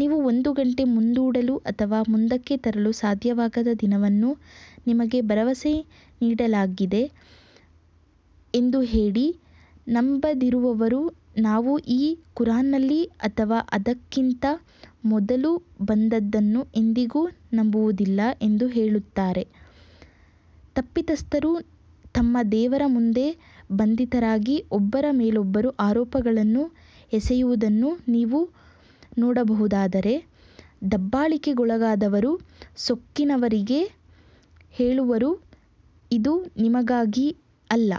ನೀವು ಒಂದು ಗಂಟೆ ಮುಂದೂಡಲು ಅಥವಾ ಮುಂದಕ್ಕೆ ತರಲು ಸಾಧ್ಯವಾಗದ ದಿನವನ್ನು ನಿಮಗೆ ಭರವಸೆ ನೀಡಲಾಗಿದೆ ಎಂದು ಹೇಳಿ ನಂಬದಿರುವವರು ನಾವು ಈ ಕುರಾನ್ನಲ್ಲಿ ಅಥವಾ ಇದಕ್ಕಿಂತ ಮೊದಲು ಬಂದದ್ದನ್ನು ಎಂದಿಗೂ ನಂಬುವುದಿಲ್ಲ ಎಂದು ಹೇಳುತ್ತಾರೆ, ತಪ್ಪಿತಸ್ಥರು ತಮ್ಮ ದೇವರ ಮುಂದೆ ಬಂಧಿತರಾಗಿ ಒಬ್ಬರ ಮೇಲೊಬ್ಬರು ಆರೋಪಗಳನ್ನು ಎಸೆಯುವುದನ್ನು ನೀವು ನೋಡಬಹುದಾದರೆ, ದಬ್ಬಾಳಿಕೆಗೊಳಗಾದವರು ಸೊಕ್ಕಿನವರಿಗೆ ಹೇಳುವರು ಇದು ನಿಮಗಾಗಿ ಅಲ್ಲ.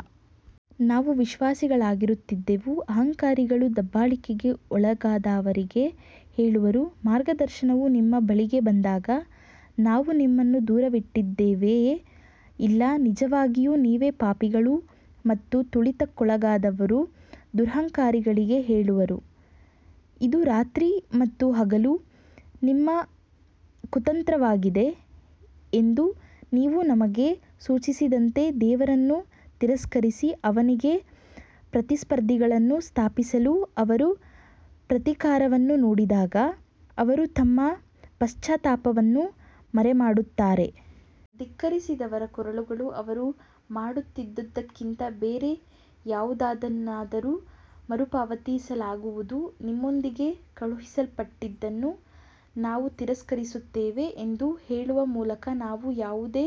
ನಾವು ವಿಶ್ವಾಸಿಗಳಾಗಿರುತ್ತಿದ್ದೆವು ಅಹಂಕಾರಿಗಳು ದಬ್ಬಾಳಿಕೆಗೆ ಒಳಗಾದವರಿಗೆ ಹೇಳುವರು, ಮಾರ್ಗದರ್ಶನವು ನಿಮ್ಮ ಬಳಿಗೆ ಬಂದಾಗ ನಾವು ನಿಮ್ಮನ್ನು ದೂರವಿಟ್ಟಿದ್ದೇವೆಯೇ ಇಲ್ಲ ನಿಜವಾಗಿಯೂ ನೀವೇ ಪಾಪಿಗಳು ಮತ್ತು ತುಳಿತಕ್ಕೊಳಗಾದವರು ದುರಹಂಕಾರಿಗಳಿಗೆ ಹೇಳುವರು, ಇದು ರಾತ್ರಿ ಮತ್ತು ಹಗಲು ನಿಮ್ಮ ಕುತಂತ್ರವಾಗಿದೆ ಎಂದು ನೀವು ನಮಗೆ ಸೂಚಿಸಿದಂತೆ ದೇವರನ್ನು ತಿರಸ್ಕರಿಸಿ ಅವನಿಗೆ ಪ್ರತಿಸ್ಪರ್ಧಿಗಳನ್ನು ಸ್ಥಾಪಿಸಲು ಅವರು ಪ್ರತೀಕಾರವನ್ನು ನೋಡಿದಾಗ ಅವರು ತಮ್ಮ ಪಶ್ಚಾತ್ತಾಪವನ್ನು ಮರೆಮಾಡುತ್ತಾರೆ. ಧಿಕ್ಕರಿಸಿದವರ ಕೊರಳುಗಳು ಅವರು ಮಾಡುತ್ತಿದ್ದುದಕ್ಕಿಂತ ಬೇರೆ ಯಾವುದನ್ನಾದರೂ ಮರುಪಾವತಿಸಲಾಗುವುದು ನಿಮ್ಮೊಂದಿಗೆ ಕಳುಹಿಸಲ್ಪಟ್ಟಿದ್ದನ್ನು ನಾವು ತಿರಸ್ಕರಿಸುತ್ತೇವೆ ಎಂದು ಹೇಳುವ ಮೂಲಕ ನಾವು ಯಾವುದೇ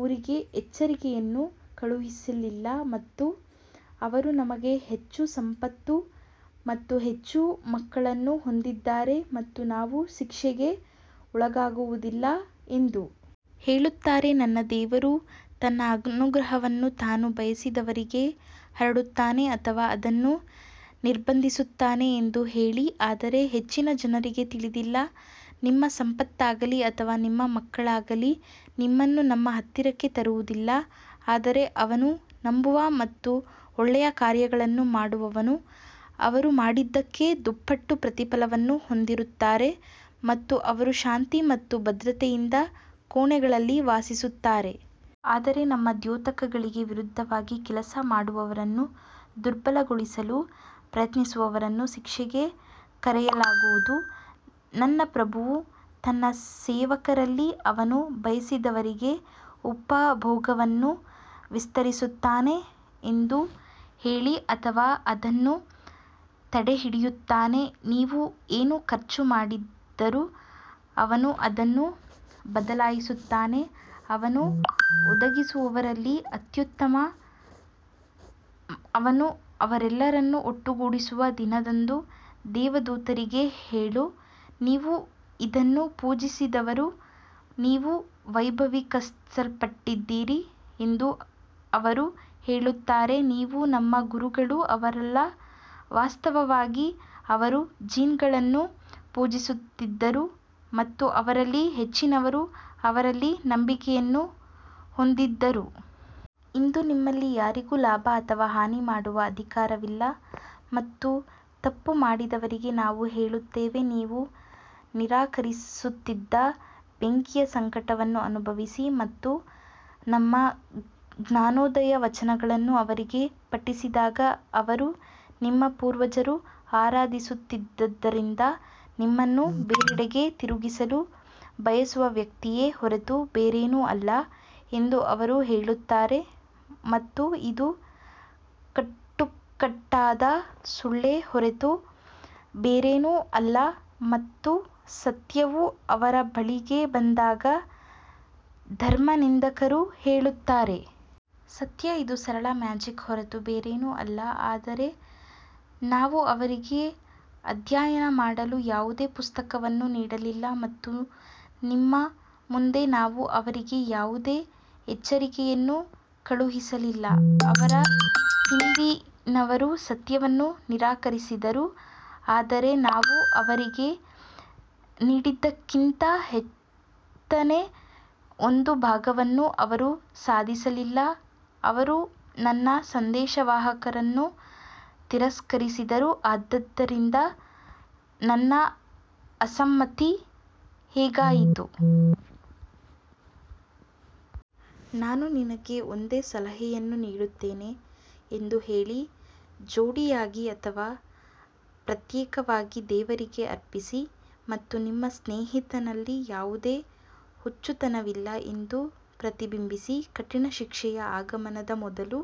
ಊರಿಗೆ ಎಚ್ಚರಿಕೆಯನ್ನು ಕಳುಹಿಸಲಿಲ್ಲ ಮತ್ತು ಅವರು ನಮಗೆ ಹೆಚ್ಚು ಸಂಪತ್ತು ಮತ್ತು ಹೆಚ್ಚು ಮಕ್ಕಳನ್ನು ಹೊಂದಿದ್ದಾರೆ ಮತ್ತು ನಾವು ಶಿಕ್ಷೆಗೆ ಒಳಗಾಗುವುದಿಲ್ಲ ಎಂದು ಹೇಳುತ್ತಾರೆ ನನ್ನ ದೇವರು ತನ್ನ ಅನುಗ್ರಹವನ್ನು ತಾನು ಬಯಸಿದವರಿಗೆ ಹರಡುತ್ತಾನೆ ಅಥವಾ ಅದನ್ನು ನಿರ್ಬಂಧಿಸುತ್ತಾನೆ ಎಂದು ಹೇಳಿ ಆದರೆ ಹೆಚ್ಚಿನ ಜನರಿಗೆ ತಿಳಿದಿಲ್ಲ ನಿಮ್ಮ ಸಂಪತ್ತಾಗಲಿ ಅಥವಾ ನಿಮ್ಮ ಮಕ್ಕಳಾಗಲಿ ನಿಮ್ಮನ್ನು ನಮ್ಮ ಹತ್ತಿರಕ್ಕೆ ತರುವುದಿಲ್ಲ ಆದರೆ ಅವನು ನಂಬುವ ಮತ್ತು ಒಳ್ಳೆಯ ಕಾರ್ಯಗಳನ್ನು ಮಾಡುವವನು ಅವರು ಮಾಡಿದ್ದಕ್ಕೆ ದುಪ್ಪಟ್ಟು ಪ್ರತಿಫಲವನ್ನು ಹೊಂದಿರುತ್ತಾರೆ ಮತ್ತು ಅವರು ಶಾಂತಿ ಮತ್ತು ಭದ್ರತೆಯಿಂದ ಕೋಣೆಗಳಲ್ಲಿ ವಾಸಿಸುತ್ತಾರೆ. ಆದರೆ ನಮ್ಮ ದ್ಯೋತಕಗಳಿಗೆ ವಿರುದ್ಧವಾಗಿ ಕೆಲಸ ಮಾಡುವವರನ್ನು ದುರ್ಬಲಗೊಳಿಸಲು ಪ್ರಯತ್ನಿಸುವವರನ್ನು ಶಿಕ್ಷೆಗೆ ಕರೆಯಲಾಗುವುದು ನನ್ನ ಪ್ರಭುವು ತನ್ನ ಸೇವಕರಲ್ಲಿ ಅವನು ಬಯಸಿದವರಿಗೆ ಉಪಭೋಗವನ್ನು ವಿಸ್ತರಿಸುತ್ತಾನೆ ಎಂದು ಹೇಳಿ ಅಥವಾ ಅದನ್ನು ತಡೆಹಿಡಿಯುತ್ತಾನೆ ನೀವು ಏನು ಖರ್ಚು ಮಾಡಿದರೂ ಅವನು ಅದನ್ನು ಬದಲಾಯಿಸುತ್ತಾನೆ ಅವನು ಒದಗಿಸುವವರಲ್ಲಿ ಅತ್ಯುತ್ತಮನು ಅವನು ಅವರೆಲ್ಲರನ್ನೂ ಒಟ್ಟುಗೂಡಿಸುವ ದಿನದಂದು ದೇವದೂತರಿಗೆ ಹೇಳು, ನೀವು ಇದನ್ನು ಪೂಜಿಸುತ್ತಿದ್ದರು ನೀವು ವೈಭವೀಕರಿಸಲ್ಪಟ್ಟಿದ್ದೀರಿ ಎಂದು ಅವರು ಹೇಳುತ್ತಾರೆ, ನೀವು ನಮ್ಮ ಗುರುಗಳು ಅವರಲ್ಲ, ವಾಸ್ತವವಾಗಿ ಅವರು ಜಿನ್ಗಳನ್ನು ಪೂಜಿಸುತ್ತಿದ್ದರು ಮತ್ತು ಅವರಲ್ಲಿ ಹೆಚ್ಚಿನವರು ಅವರಲ್ಲಿ ನಂಬಿಕೆಯನ್ನು ಹೊಂದಿದ್ದರು. ಇಂದು ನಿಮ್ಮಲ್ಲಿ ಯಾರಿಗೂ ಲಾಭ ಅಥವಾ ಹಾನಿ ಮಾಡುವ ಅಧಿಕಾರವಿಲ್ಲ ಮತ್ತು ತಪ್ಪು ಮಾಡಿದವರಿಗೆ ನಾವು ಹೇಳುತ್ತೇವೆ, ನೀವು ನಿರಾಕರಿಸುತ್ತಿದ್ದ ಬೆಂಕಿಯ ಸಂಕಟವನ್ನು ಅನುಭವಿಸಿ ಮತ್ತು ನಮ್ಮ ಜ್ಞಾನೋದಯ ವಚನಗಳನ್ನು ಅವರಿಗೆ ಪಠಿಸಿದಾಗ ಅವರು ನಿಮ್ಮ ಪೂರ್ವಜರು ಆರಾಧಿಸುತ್ತಿದ್ದರಿಂದ ನಿಮ್ಮನ್ನು ಬೇರೆಡೆಗೆ ತಿರುಗಿಸಲು ಬಯಸುವ ವ್ಯಕ್ತಿಯೇ ಹೊರತು ಬೇರೇನೂ ಅಲ್ಲ ಎಂದು ಅವರು ಹೇಳುತ್ತಾರೆ ಮತ್ತು ಇದು ಕಟ್ಟುಕಟ್ಟಾದ ಸುಳ್ಳೇ ಹೊರತು ಬೇರೇನೂ ಅಲ್ಲ ಮತ್ತು ಸತ್ಯವು ಅವರ ಬಳಿಗೆ ಬಂದಾಗ ಧರ್ಮನಿಂದಕರು ಹೇಳುತ್ತಾರೆ. ಸತ್ಯ ಇದು ಸರಳ ಮ್ಯಾಜಿಕ್ ಹೊರತು ಬೇರೇನೂ ಅಲ್ಲ ಆದರೆ ನಾವು ಅವರಿಗೆ ಅಧ್ಯಯನ ಮಾಡಲು ಯಾವುದೇ ಪುಸ್ತಕವನ್ನು ನೀಡಲಿಲ್ಲ ಮತ್ತು ನಿಮ್ಮ ಮುಂದೆ ನಾವು ಅವರಿಗೆ ಯಾವುದೇ ಎಚ್ಚರಿಕೆಯನ್ನು ಕಳುಹಿಸಲಿಲ್ಲ ಅವರ ಹಿಂದಿನವರೂ ಸತ್ಯವನ್ನು ನಿರಾಕರಿಸಿದರು, ಆದರೆ ನಾವು ಅವರಿಗೆ ನೀಡಿದ್ದಕ್ಕಿಂತ ಹತ್ತನೇ ಒಂದು ಭಾಗವನ್ನು ಅವರು ಸಾಧಿಸಲಿಲ್ಲ, ಅವರು ನನ್ನ ಸಂದೇಶವಾಹಕರನ್ನು ತಿರಸ್ಕರಿಸಿದರು, ಆದ್ದರಿಂದ ನನ್ನ ಅಸಮ್ಮತಿ ಹೇಗಾಯಿತು? ನಾನು ನಿಮಗೆ ಒಂದೇ ಸಲಹೆಯನ್ನು ನೀಡುತ್ತೇನೆ ಎಂದು ಹೇಳಿ, ಜೋಡಿಯಾಗಿ ಅಥವಾ ಪ್ರತ್ಯೇಕವಾಗಿ ದೇವರಿಗೆ ಅರ್ಪಿಸಿ ಮತ್ತು ನಿಮ್ಮ ಸ್ನೇಹಿತನಲ್ಲಿ ಯಾವುದೇ ಹುಚ್ಚುತನವಿಲ್ಲ ಎಂದು ಪ್ರತಿಬಿಂಬಿಸಿ ಕಠಿಣ ಶಿಕ್ಷೆಯ ಆಗಮನದ ಮೊದಲು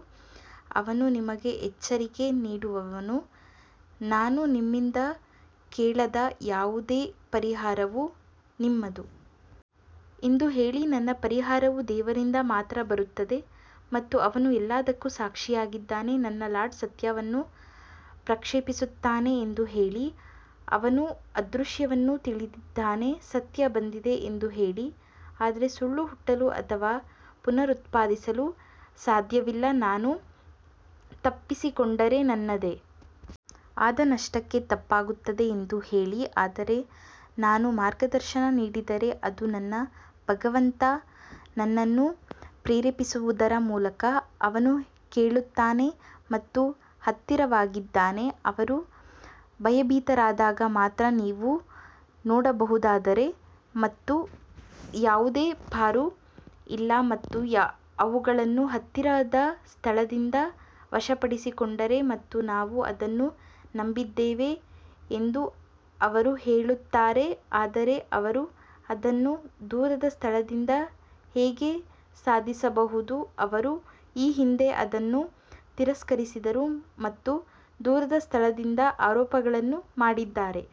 ಅವನು ನಿಮಗೆ ಎಚ್ಚರಿಕೆ ನೀಡುವವನು ನಾನು ನಿಮ್ಮಿಂದ ಕೇಳಿದ ಯಾವುದೇ ಪರಿಹಾರವು ನಿಮ್ಮದು ಎಂದು ಹೇಳಿ ನನ್ನ ಪರಿಹಾರವು ದೇವರಿಂದ ಮಾತ್ರ ಬರುತ್ತದೆ ಮತ್ತು ಅವನು ಎಲ್ಲದಕ್ಕೂ ಸಾಕ್ಷಿಯಾಗಿದ್ದಾನೆ ನನ್ನ ಲಾರ್ಡ್ ಸತ್ಯವನ್ನು ಪ್ರಕ್ಷೇಪಿಸುತ್ತಾನೆ ಎಂದು ಹೇಳಿ, ಅವನು ಅದೃಶ್ಯವನ್ನು ತಿಳಿದಿದ್ದಾನೆ ಸತ್ಯ ಬಂದಿದೆ ಎಂದು ಹೇಳಿ, ಆದರೆ ಸುಳ್ಳು ಹುಟ್ಟಲು ಅಥವಾ ಪುನರುತ್ಪಾದಿಸಲು ಸಾಧ್ಯವಿಲ್ಲ ನಾನು ತಪ್ಪಿಸಿಕೊಂಡರೆ ನನ್ನದೇ ಆದ ನಷ್ಟಕ್ಕೆ ತಪ್ಪಾಗುತ್ತದೆ ಎಂದು ಹೇಳಿ ಆದರೆ ನಾನು ಮಾರ್ಗದರ್ಶನ ನೀಡಿದರೆ ಅದು ನನ್ನ ಭಗವಂತ ನನ್ನನ್ನು ಪ್ರೇರೇಪಿಸುವುದರ ಮೂಲಕ ಅವನು ಕೇಳುತ್ತಾನೆ ಮತ್ತು ಹತ್ತಿರವಾಗಿದ್ದಾನೆ ಅವರು ಭಯಭೀತರಾದಾಗ ಮಾತ್ರ ನೀವು ನೋಡಬಹುದಾದರೆ ಮತ್ತು ಯಾವುದೇ ಪಾರು ಇಲ್ಲ ಮತ್ತು ಅವುಗಳನ್ನು ಹತ್ತಿರದ ಸ್ಥಳದಿಂದ ವಶಪಡಿಸಿಕೊಂಡರೆ ಮತ್ತು ನಾವು ಅದನ್ನು ನಂಬಿದ್ದೇವೆ ಎಂದು ಅವರು ಹೇಳುತ್ತಾರೆ ಆದರೆ ಅವರು ಅದನ್ನು ದೂರದ ಸ್ಥಳದಿಂದ ಹೇಗೆ ಸಾಧಿಸಬಹುದು ಅವರು ಈ ಹಿಂದೆ ಅದನ್ನು ತಿರಸ್ಕರಿಸಿದರು ಮತ್ತು ದೂರದ ಸ್ಥಳದಿಂದ ಆರೋಪಗಳನ್ನು ಮಾಡಿದ್ದಾರೆ.